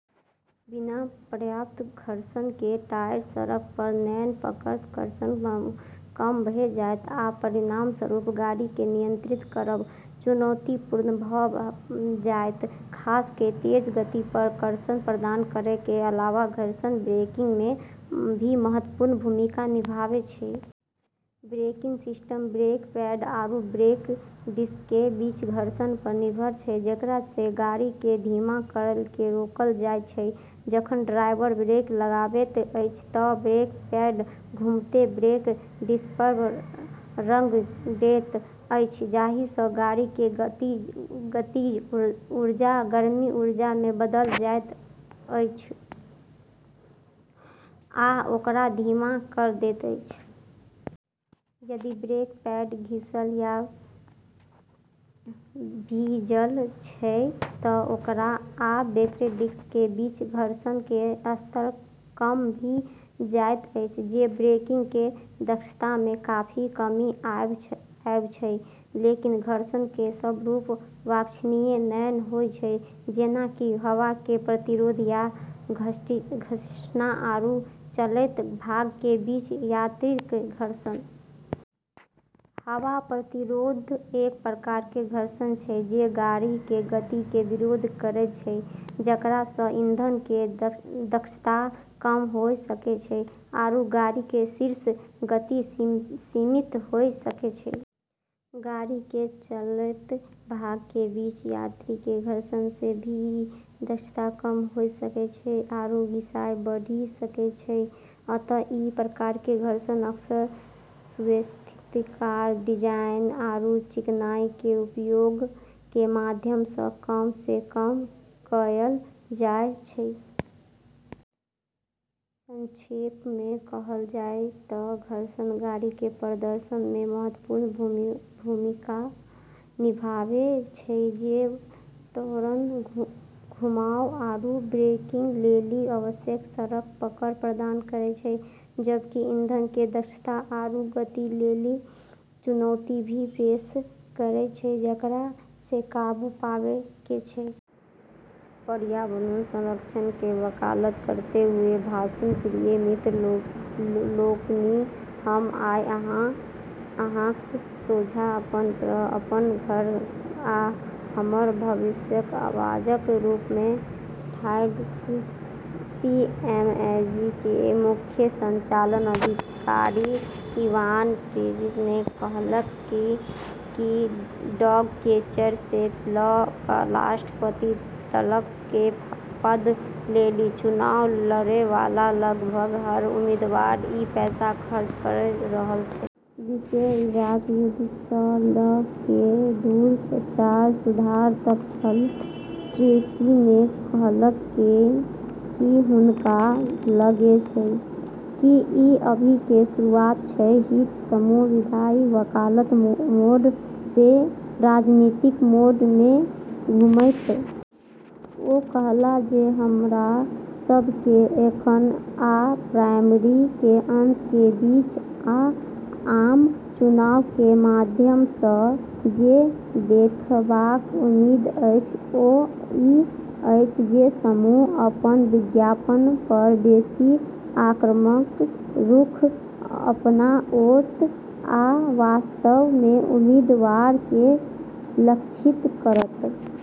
बिना पर्याप्त घर्षण के टायर सड़क पर नै पकड़त, कर्षण कम भ जायत, आ परिणामस्वरूप गाड़ी के नियंत्रित करब चुनौतीपूर्ण भ जायत, खास क तेज गति पर। कर्षण प्रदान करै के अलावा घर्षण ब्रेकिंग में भी महत्वपूर्ण भूमिका निभाबै छै। ब्रेकिंग सिस्टम ब्रेक पैड आरू ब्रेक डिस्क के बीच घर्षण पर निर्भर छै जेकरा से गाड़ी के धीमा करी के रोकल जाय छै। जखन ड्राइवर ब्रेक लगाबैत अछि त ब्रेक पैड घूमैत ब्रेक डिस्क पर रगड़ैत अछि, जाहि से गाड़ी के गतिज ऊर्जा गर्मी ऊर्जा में बदलि जाइत अछि आ ओकरा धीमा क दैत अछि। यदि ब्रेक पैड घिसल या भीजल छै त ओकरा आ ब्रेक डिस्क के बीच घर्षण के स्तर कम भ जायत छै, जे ब्रेकिंग के दक्षता में काफी कमी आबै छै। लेकिन घर्षण के सब रूप वांछनीय नै होय छै, जेना कि हवा के प्रतिरोध या "घसीटना" आरू चलैत भाग के बीच यांत्रिक घर्षण। हवा प्रतिरोध एक प्रकार के घर्षण छै जे गाड़ी के गति के विरोध करै छै, जेकरा से ईंधन के दक्षता कम होय सकै छै आरू गाड़ी के शीर्ष गति सीमित होय सकै छै। गाड़ी के चलैत भाग के बीच यांत्रिक घर्षण से भी दक्षता कम होय सकै छै आरू घिसाई बढ़ी सकै छै। अतः ई प्रकार के घर्षण अक्सर सुव्यवस्थित कार डिजाइन आरू चिकनाई के उपयोग के माध्यम से कम से कम करल जाय छै। संक्षेप में कहल जाय त घर्षण गाड़ी के प्रदर्शन में महत्वपूर्ण भूमिका निभाबै छै, जे त्वरण, घुमाव, आरू ब्रेकिंग लेली आवश्यक सड़क पकड़ प्रदान करै छै जबकि ईंधन के दक्षता आरू गति लेली चुनौती भी पेश करै छै जेकरा से काबू पाबै के छै। पर्यावरण संरक्षण के वकालत करते हुए भाषण। प्रिय मित्र लोकनि, हम आइ अहाँक सोझाँ अपन ग्रह, अपन घर, आ हमर भविष्यक आवाजक रूप में ठाढ़ छी। सीएमएजी के मुख्य संचालन अधिकारी इवान ट्रेसी ने कहलकै कि डॉगकैचर से ल क राष्ट्रपति तलक के पद लेली चुनाव लड़ै वाला लगभग हर उम्मीदवार ई पैसा खर्च करी रहल छै। विषय इराक युद्ध से ल कए दूरसंचार सुधार तक छल। ट्रेसी ने कहलकै कि हुनका लगै छै कि ई अभी के शुरुआत छै हित समूह "विधायी वकालत मोड से राजनीतिक मोड में घुमैत।" ओ कहला जे हमरा सब के एखन आ प्राइमरी के अंत के बीच, आ आम चुनाव के माध्यम से जे देखबाक उम्मीद अछि, ओ इ अछि जे समूह अपन विज्ञापन पर बेसी आक्रामक रुख अपनाओत आ वास्तव में उम्मीदवार के लक्षित करत।